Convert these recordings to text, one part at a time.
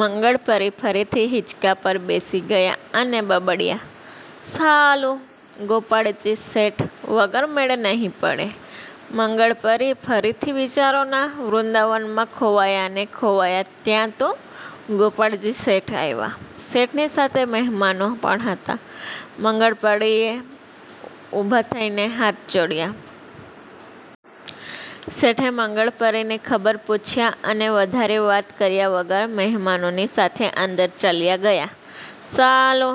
મંગળપરી ફરીથી હીંચકા પર બેસી ગયા અને બબડ્યા,"સાલું, ગોપાળજી શેઠ વગર મેળ નહિ પડે." મંગળપરી ફરીથી વિચારોના વૃંદાવનમાં ખોવાયા ને ખોવાયા ત્યાં તો ગોપાળજી શેઠ આવ્યા. શેઠની સાથે મહેમાનો પણ હતા. મંગળપરીએ ઊભા થઈને હાથ જોડ્યા. શેઠે મંગળપરીને ખબર પૂછ્યા અને વધારે વાત કર્યા વગર મહેમાનોની સાથે અંદર ચાલ્યા ગયા. "સાલું,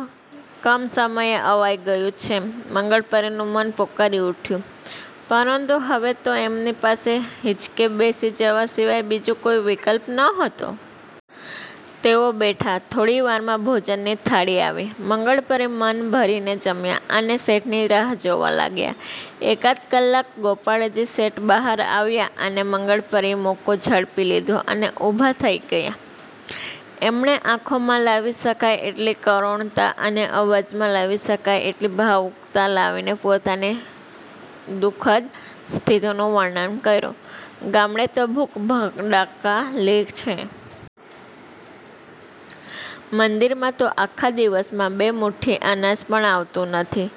કમસમયે અવાઈ ગયું છે." મંગળપરીનું મન પોકારી ઊઠ્યું, પરંતુ હવે તો એમની પાસે હીંચકે બેસી જવા સિવાય બીજો કોઈ વિકલ્પ નહોતો. તેઓ બેઠા. થોડી વારમાં ભોજનની થાળી આવી. મંગળપરી મન ભરીને જમ્યા અને શેઠની રાહ જોવા લાગ્યા. એકાદ કલાક ગોપાળજી શેઠ બહાર આવ્યા અને મંગળપરીએ મોકો ઝડપી લીધો અને ઊભા થઈ ગયા. એમણે આંખોમાં લાવી શકાય એટલી કરુણતા અને અવાજમાં લાવી શકાય એટલી ભાવુકતા લાવીને પોતાને દુખદ સ્થિતિનું વર્ણન કર્યું-"ગામડે તો ભૂખ ભડાકા લે છે. મંદિરમાં તો આખા દિવસમાં બે મૂઠી અનાજ પણ આવતું નથી.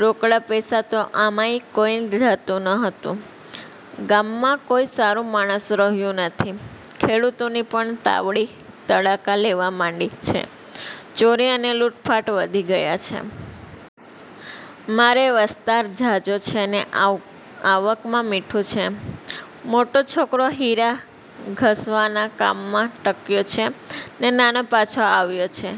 રોકડા પૈસા તો આમેય કોઈ ધરતું નહતું. ગામમાં કોઈ સારું માણસ રહ્યું નથી. ખેડૂતોની પણ તાવડી તડાકા લેવા માંડી છે. ચોરી અને લૂંટફાટ વધી ગયાં છે. મારે વસ્તાર ઝાઝો છે ને આવ આવકમાં મીઠું છે. મોટો છોકરો હીરા ઘસવાના કામમાં ટક્યો છે, ને નાનો પાછો આવ્યો છે.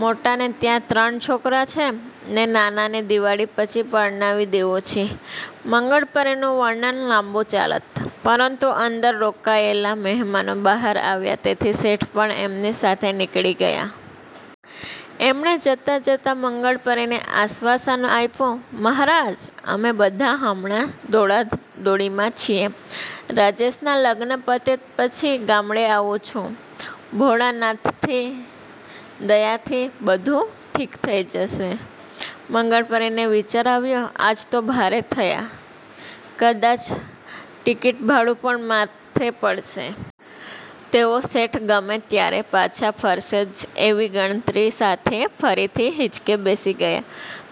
મોટાને ત્યાં ત્રણ છોકરાં છે, ને નાનાને દીવાળી પછી પરણાવી દેવો છે." મંગળપરીનું વર્ણન લાંબુ ચાલત, પરંતુ અંદર રોકાયેલા મહેમાનો બહાર આવ્યા તેથી શેઠ પણ એમની સાથે નીકળી ગયા. એમણે જતાં-જતાં મંગળપરીને આશ્વાસન આયપુ- "મહારાજ, અમે બધાં હમણા દોડાદોડીમાં છીએ, રાજેશનાં લગ્ન પતે પછી ગામડે આવું છું. ભોળાનાથ થી દયાથી બધું ઠીક થઈ જશે." મંગળપરીને વિચાર આવ્યો,"આજ તો ભારે થયા. કદાચ ટિકિટભાડું પણ માથે પડશે." તેઓ શેઠ ગમે ત્યારે પાછા ફરશે જ એવી ગણતરી સાથે ફરીથી હીંચકે બેસી ગયા.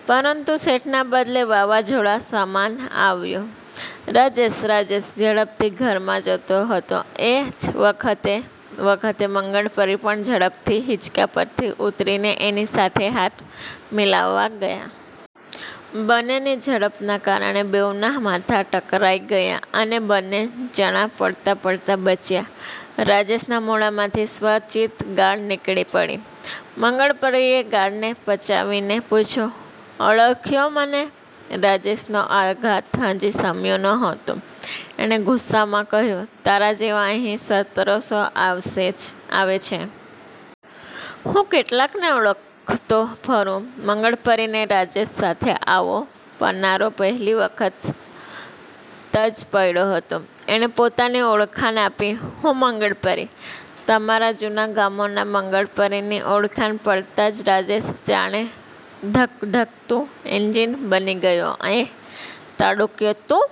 પરંતુ શેઠના બદલે વાવાઝોડા સમાન આવ્યો રાજેશ. રાજેશ ઝડપથી ઘરમાં જતો હતો એ જ વખતે-વખતે મંગળપરી પણ ઝડપથી હીંચકા પરથી ઊતરીને એની સાથે હાથ મિલાવવા ગયા. બંનેની ઝડપના કારણે બેઉનાં માથાં ટકરાઈ ગયાં, અને બંને જણા પડતાં-પડતાં બચ્યા. રાજેશના મોઢામાંથી સ્વચિત ગાળ નીકળી પડી. મંગળપરીએ ગાળને પચાવીને પૂછ્યું-"ઓળખ્યો મને?" રાજેશનો આઘાત હજી શમ્યો નહતો. એણે ગુસ્સામાં કહ્યું-"તારા જેવા અહીં સત્તરસો આવે છે. હું કેટલાકને ઓળખતો ફરું?" મંગળપરીને રાજેશ સાથે આવો પનારો પહેલી વખત તજ પડ્યો હતો. એણે પોતાની ઓળખાણ આપી-"હું મંગળપરી. તમારા જૂના ગામનો." મંગળપરીની ઓળખાણ પડતાં જ રાજેશ જાણે ધગધગતું એન્જિન બની ગયો. એ તાડૂક્યો, "તું